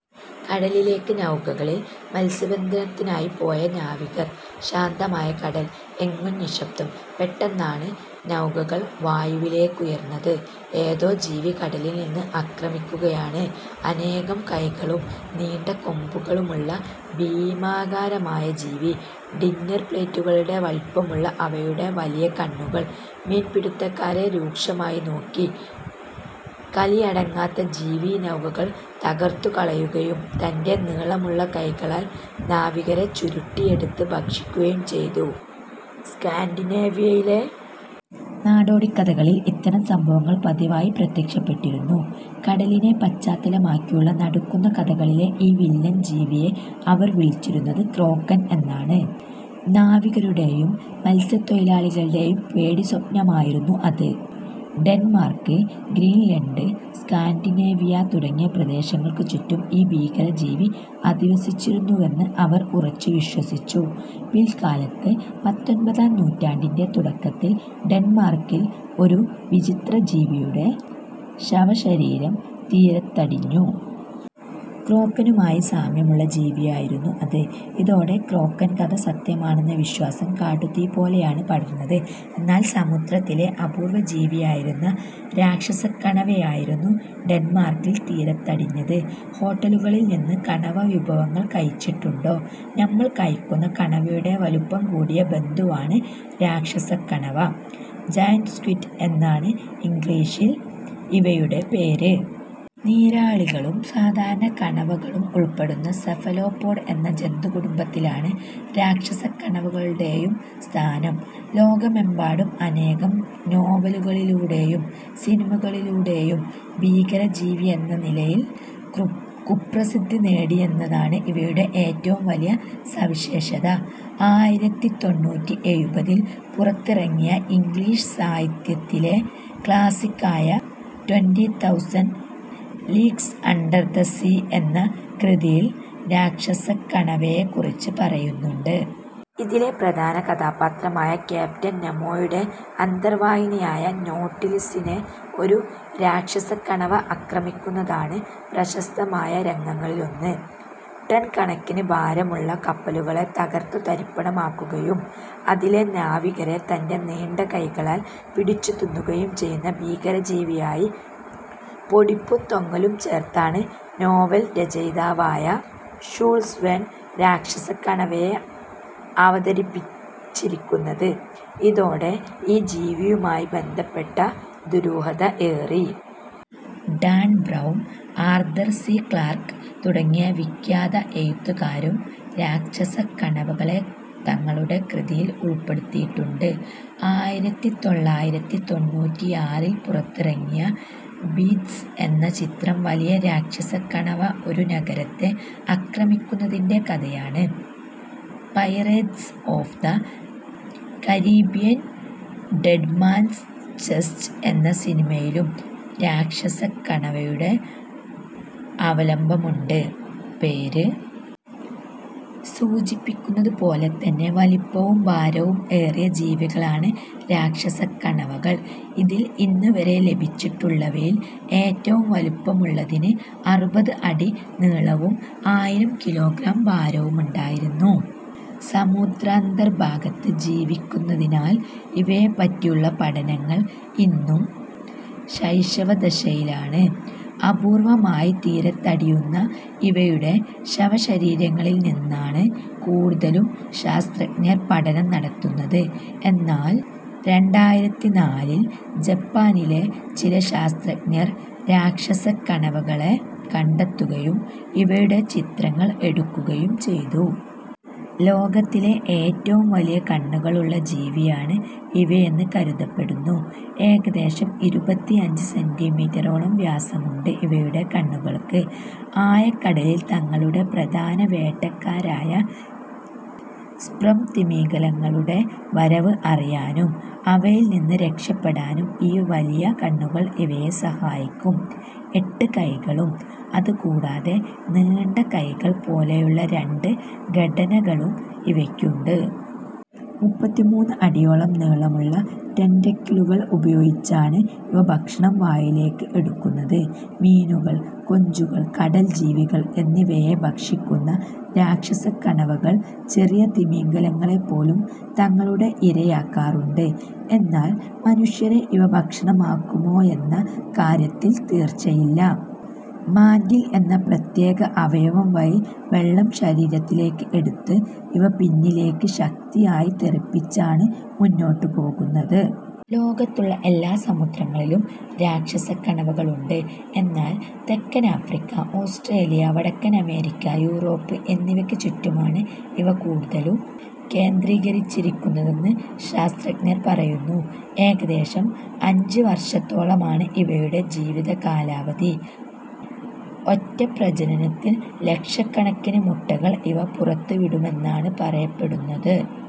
കടലിലേക്ക് നൗകകളിൽ മത്സ്യബന്ധനത്തിനായി പോയ നാവികർ. ശാന്തമായ കടൽ. എങ്ങും നിശ്ശബ്ദം. പെട്ടെന്നാണ് നൗകകൾ വായുവിലേക്കുയർന്നത്. ഏതോ ജീവി കടലിൽനിന്ന് ആക്രമിക്കുകയാണ്. അനേകം കൈകളും നീണ്ട കൊമ്പുകളുമുള്ള ഭീമാകാരനായ ജീവി. ഡിന്നർ പ്ലേറ്റുകളുടെ വലിപ്പമുള്ള അവയുടെ വലിയ കണ്ണുകൾ മീൻപിടിത്തക്കാരെ രൂക്ഷമായി നോക്കി. കലിയടങ്ങാത്ത ജീവി നൗകകൾ തകർത്തുകളയുകയും തന്റെ നീളമുള്ള കൈകളാൽ നാവികരെ ചുരുട്ടിയെടുത്ത് ഭക്ഷിക്കുകയും ചെയ്തു. സ്കാൻഡിനേവിയയിലെ നാടോടിക്കഥകളിൽ ഇത്തരം സംഭവങ്ങൾ പതിവായി പ്രത്യക്ഷപ്പെട്ടിരുന്നു. കടലിനെ പശ്ചാത്തലമാക്കിയുള്ള നടുക്കുന്ന കഥകളിലെ ഈ വില്ലൻ ജീവിയെ അവർ വിളിച്ചിരുന്നത് ക്രേക്കൻ എന്നാണ്. നാവികരുടെയും മത്സ്യത്തൊഴിലാളികളുടെയും പേടിസ്വപ്നമായിരുന്നു അത്. ഡെൻമാർക്ക്, ഗ്രീൻലൻഡ്, സ്കാൻഡിനേവിയ തുടങ്ങിയ പ്രദേശങ്ങൾക്കു ചുറ്റും ഈ ഭീകരജീവി അധിവസിച്ചിരുന്നുവെന്ന് അവർ ഉറച്ചുവിശ്വസിച്ചു. പിൽക്കാലത്ത് പത്തൊൻപതാം നൂറ്റാണ്ടിന്റെ തുടക്കത്തിൽ ഡെൻമാർക്കിൽ ഒരു വിചിത്രജീവിയുടെ ശവശരീരം തീരത്തടിഞ്ഞു. ക്രോക്കനുമായി സാമ്യമുള്ള ജീവിയായിരുന്നു അത്. ഇതോടെ ക്രോക്കൻ കഥ സത്യമാണെന്ന വിശ്വാസം കാട്ടുതീ പോലെയാണ് പടർന്നത്. എന്നാൽ സമുദ്രത്തിലെ അപൂർവജീവിയായിരുന്ന രാക്ഷസക്കണവയായിരുന്നു ഡെൻമാർക്കിൽ തീരത്തടിഞ്ഞത്. ഹോട്ടലുകളിൽനിന്ന് കണവ വിഭവങ്ങൾ കഴിച്ചിട്ടുണ്ടോ. നമ്മൾ കഴിക്കുന്ന കണവയുടെ വലുപ്പം കൂടിയ ബന്ധുവാണ് രാക്ഷസക്കണവ. ജയന്റ് സ്ക്വിഡ് എന്നാണ് ഇംഗ്ലീഷിൽ ഇവയുടെ പേര്. നീരാളികളും സാധാരണ കണവകളും ഉൾപ്പെടുന്ന സെഫലോപോഡ് എന്ന ജന്തുകുടുംബത്തിലാണ് രാക്ഷസക്കണവകളുടെയും സ്ഥാനം. ലോകമെമ്പാടും അനേകം നോവലുകളിലൂടെയും സിനിമകളിലൂടെയും ഭീകരജീവിയെന്ന നിലയിൽ ക്രു കുപ്രസിദ്ധി നേടിയെന്നതാണ് ഇവയുടെ ഏറ്റവും വലിയ സവിശേഷത. ആയിരത്തി തൊണ്ണൂറ്റി എഴുപതിൽ പുറത്തിറങ്ങിയ ഇംഗ്ലീഷ് സാഹിത്യത്തിലെ ക്ലാസിക്കായ Twenty Thousand Leagues Under the Sea എന്ന കൃതിയിൽ രാക്ഷസക്കണവയെക്കുറിച്ച് പറയുന്നുണ്ട്. ഇതിലെ പ്രധാന കഥാപാത്രമായ ക്യാപ്റ്റൻ നെമോയുടെ അന്തർവാഹിനിയായ നോട്ടിലി സിനെ ഒരു രാക്ഷസക്കണവ ആക്രമിക്കുന്നതാണ് പ്രശസ്തമായ രംഗങ്ങളിലൊന്ന്. ടൺകണക്കിന് ഭാരമുള്ള കപ്പലുകളെ തകർത്തുതരിപ്പണമാക്കുകയും അതിലെ നാവികരെ തന്റെ നീണ്ട കൈകളാൽ പിടിച്ചുതിന്നുകയും ചെയ്യുന്ന ഭീകരജീവിയായി പൊടിപ്പും തൊങ്ങലും ചേർത്താണ് നോവൽ രചയിതാവായ ഷൂൾസ് വേൺ രാക്ഷസക്കണവയെ അവതരിപ്പിച്ചിരിക്കുന്നത്. ഇതോടെ ഈ ജീവിയുമായി ബന്ധപ്പെട്ട ദുരൂഹത ഏറി. Dan Brown, Arthur C Clarke തുടങ്ങിയ വിഖ്യാത എഴുത്തുകാരും രാക്ഷസക്കണവകളെ തങ്ങളുടെ കൃതിയിൽ ഉൾപ്പെടുത്തിയിട്ടുണ്ട്. ആയിരത്തിത്തൊള്ളായിരത്തി തൊണ്ണൂറ്റിയാറിൽ പുറത്തിറങ്ങിയ ബീസ്റ്റ് എന്ന ചിത്രം വലിയ രാക്ഷസക്കണവ ഒരു നഗരത്തെ ആക്രമിക്കുന്നതിന്റെ കഥയാണ്. Pirates of the Caribbean Dead Man's Chest എന്ന സിനിമയിലും രാക്ഷസക്കണവയുടെ അവലംബമുണ്ട്. പേര് സൂചിപ്പിക്കുന്നതുപോലെ തന്നെ വലുപ്പവും ഭാരവും ഏറിയ ജീവികളാണ് രാക്ഷസക്കണവകൾ. ഇതിൽ ഇന്നുവരെ ലഭിച്ചിട്ടുള്ളവയിൽ ഏറ്റവും വലുപ്പമുള്ളതിന് അറുപത് അടി നീളവും ആയിരം കിലോഗ്രാം ഭാരവുമുണ്ടായിരുന്നു. സമുദ്രാന്തർഭാഗത്ത് ജീവിക്കുന്നതിനാൽ ഇവയെപ്പറ്റിയുള്ള പഠനങ്ങൾ ഇന്നും ശൈശവദശയിലാണ്. അപൂർവമായി തീരത്തടിയുന്ന ഇവയുടെ ശവശരീരങ്ങളിൽനിന്നാണ് കൂടുതലും ശാസ്ത്രജ്ഞർ പഠനം നടത്തുന്നത്. എന്നാൽ രണ്ടായിരത്തിനാലിൽ ജപ്പാനിലെ ചില ശാസ്ത്രജ്ഞർ രാക്ഷസക്കണവകളെ കണ്ടെത്തുകയും ഇവയുടെ ചിത്രങ്ങൾ എടുക്കുകയും ചെയ്തു. ലോകത്തിലെ ഏറ്റവും വലിയ കണ്ണുകളുള്ള ജീവിയാണ് ഇവയെന്ന് കരുതപ്പെടുന്നു. ഏകദേശം ഇരുപത്തിയഞ്ച് സെന്റിമീറ്ററോളം വ്യാസമുണ്ട് ഇവയുടെ കണ്ണുകൾക്ക്. ആഴക്കടലിൽ തങ്ങളുടെ പ്രധാന വേട്ടക്കാരായ സ്പ്രം തിമിംഗലങ്ങളുടെ വരവ് അറിയാനും അവയിൽനിന്ന് രക്ഷപ്പെടാനും ഈ വലിയ കണ്ണുകൾ ഇവയെ സഹായിക്കും. എട്ട് കൈകളും അതുകൂടാതെ നീണ്ട കൈകൾ പോലെയുള്ള രണ്ട് ഘടനകളും ഇവയ്ക്കുണ്ട്. മുപ്പത്തിമൂന്ന് അടിയോളം നീളമുള്ള ടെന്റക്കിളുകൾ ഉപയോഗിച്ചാണ് ഇവ ഭക്ഷണം വായിലേക്ക് എടുക്കുന്നത്. മീനുകൾ, കൊഞ്ചുകൾ, കടൽജീവികൾ എന്നിവയെ ഭക്ഷിക്കുന്ന രാക്ഷസക്കണവകൾ ചെറിയ തിമിംഗലങ്ങളെപ്പോലും തങ്ങളുടെ ഇരയാക്കാറുണ്ട്. എന്നാൽ മനുഷ്യരെ ഇവ ഭക്ഷണമാക്കുമോയെന്ന കാര്യത്തിൽ തീർച്ചയില്ല. മാന്റിൽ എന്ന പ്രത്യേക അവയവം വഴി വെള്ളം ശരീരത്തിലേക്ക് എടുത്ത് ഇവ പിന്നിലേക്ക് ശക്തിയായി തെറിപ്പിച്ചാണ് മുന്നോട്ടുപോകുന്നത്. ലോകത്തുള്ള എല്ലാ സമുദ്രങ്ങളിലും രാക്ഷസക്കണവകളുണ്ട്. എന്നാൽ തെക്കൻ ആഫ്രിക്ക, ഓസ്ട്രേലിയ, വടക്കൻ അമേരിക്ക, യൂറോപ്പ് എന്നിവയ്ക്കു ചുറ്റുമാണ് ഇവ കൂടുതലും കേന്ദ്രീകരിച്ചിരിക്കുന്നതെന്ന് ശാസ്ത്രജ്ഞർ പറയുന്നു. ഏകദേശം അഞ്ച് വർഷത്തോളമാണ് ഇവയുടെ ജീവിതകാലാവധി. ഒറ്റ പ്രജനനത്തിൽ ലക്ഷക്കണക്കിന് മുട്ടകൾ ഇവ പുറത്തുവിടുമെന്നാണ് പറയപ്പെടുന്നത്.